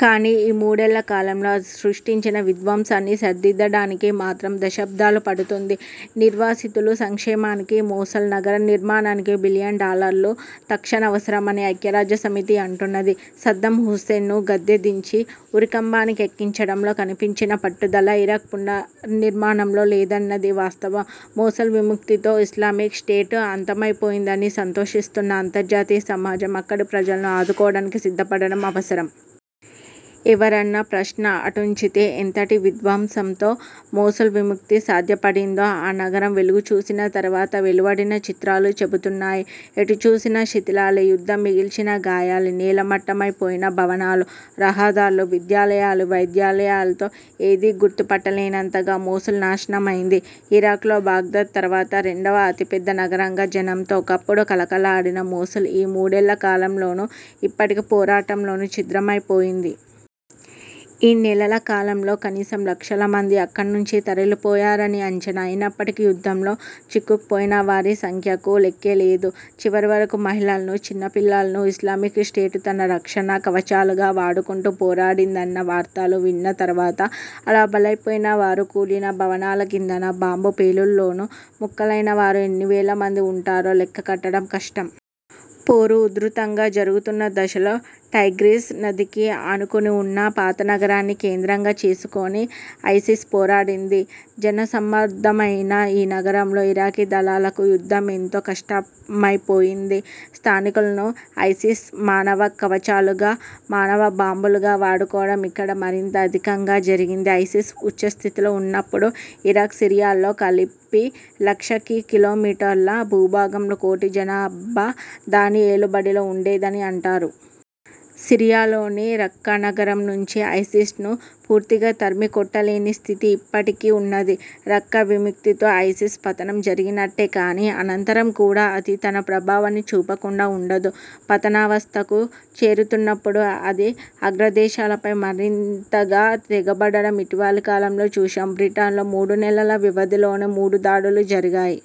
కానీ, ఈ మూడేళ్ళకాలంలో అది సృష్టించిన విధ్వంసాన్ని సరిదిద్దడానికి మాత్రం దశాబ్దాలు పడుతుంది. నిర్వాసితుల సంక్షేమానికీ, మోసుల్ నగర నిర్మాణానికీ బిలియన్ డాలర్లు తక్షణావసరమని ఐక్యరాజ్యసమితి అంటున్నది. సద్దాం హుస్సేన్ను గద్దెదించి, ఉరికంబానికి ఎక్కించడంలో కనిపించిన పట్టుదల, ఇరాక్ పునర్నిర్మాణంలో లేదన్నది వాస్తవం. మోసుల్ విముక్తితో ఇస్లామిక్ స్టేట్ అంతమైపోయిందని సంతోషిస్తున్న అంతర్జాతీయ సమాజం అక్కడి ప్రజలను ఆదుకోవడానికి సిద్ధపడటం అవసరం. ఎవరన్న ప్రశ్న అటుంచితే, ఎంతటి విధ్వంసంతో మోసుల్ 'విముక్తి' సాధ్యపడిందో ఆ నగరం వెలుగుచూసిన తరువాత వెలువడిన చిత్రాలు చెబుతున్నాయి. ఎటుచూసినా శిథిలాలే, యుద్ధం మిగల్చిన గాయాలే. నేలమట్టమైపోయిన భవనాలు, రహదారులు, విద్యాలయాలు, వైద్యాలయాలతో ఏదీ గుర్తుపట్టలేనంతగా మోసుల్ నాశనమైంది. ఇరాక్లో బాగ్దాద్ తరువాత రెండవ అతిపెద్దనగరంగా జనంతో ఒకప్పుడు కళకళలాడిన మోసుల్ ఈ మూడేళ్ళకాలంలోనూ, ఇప్పటి పోరాటంలోనూ ఛిద్రమైపోయింది. ఈ నెలల కాలంలో కనీసం లక్షలమంది అక్కడనుంచి తరలిపోయారని అంచనా. అయినప్పటికీ, యుద్ధంలో చిక్కుకుపోయినవారి సంఖ్యకు లెక్కేలేదు. చివరివరకూ మహిళలనూ, చిన్నపిల్లలనూ ఇస్లామిక్ స్టేట్ తన రక్షణకవచాలుగా వాడుకుంటూ పోరాడిందన్న వార్తలు విన్న తరువాత, అలా బలైపోయిన వారు, కూలిన భవనాలకిందనా, బాంబు పేలుళ్ళలోనూ ముక్కలైనవారు ఎన్నివేలమంది ఉంటారో లెక్క కట్టడం కష్టం. పోరు ఉధృతంగా జరుగుతున్న దశలో టైగ్రిస్ నదికి ఆనుకునివున్న పాతనగరాన్ని కేంద్రంగా చేసుకొని ఐసిస్ పోరాడింది. జనసమ్మర్దమైన ఈ నగరంలో ఇరాకీదళాలకు యుద్ధం ఎంతో కష్టమైపోయింది. స్థానికులను ఐసిస్ మానవకవచాలుగా, మానవబాంబులుగా వాడుకోవడం ఇక్కడ మరింత అధికంగా జరిగింది. ఐసిస్ ఉచ్ఛస్థితిలో ఉన్నప్పుడు ఇరాక్, సిరియాల్లో కలిపి లక్షకిలోమీటర్ల భూభాగం, కోటిజనాభా దాని ఏలుబడిలో ఉండేదని అంటారు. సిరియాలోని రఖ్ఖానగరంనుంచి ఐసిస్ను పూర్తిగా తరిమికొట్టలేని స్థితి ఇప్పటికీ ఉన్నది. రఖ్ఖా విముక్తితో ఐసిస్ పతనం జరిగినట్టే కానీ, అనంతరం కూడా అది తన ప్రభావాన్ని చూపకుండా ఉండదు. పతనావస్థకు చేరుతున్నప్పుడు అది అగ్రదేశాలపై మరింతగా తెగబడటం ఇటీవలికాలంలో చూశాం. బ్రిటన్లో మూడునెలల వ్యవధిలోనే మూడుదాడులు జరిగాయి.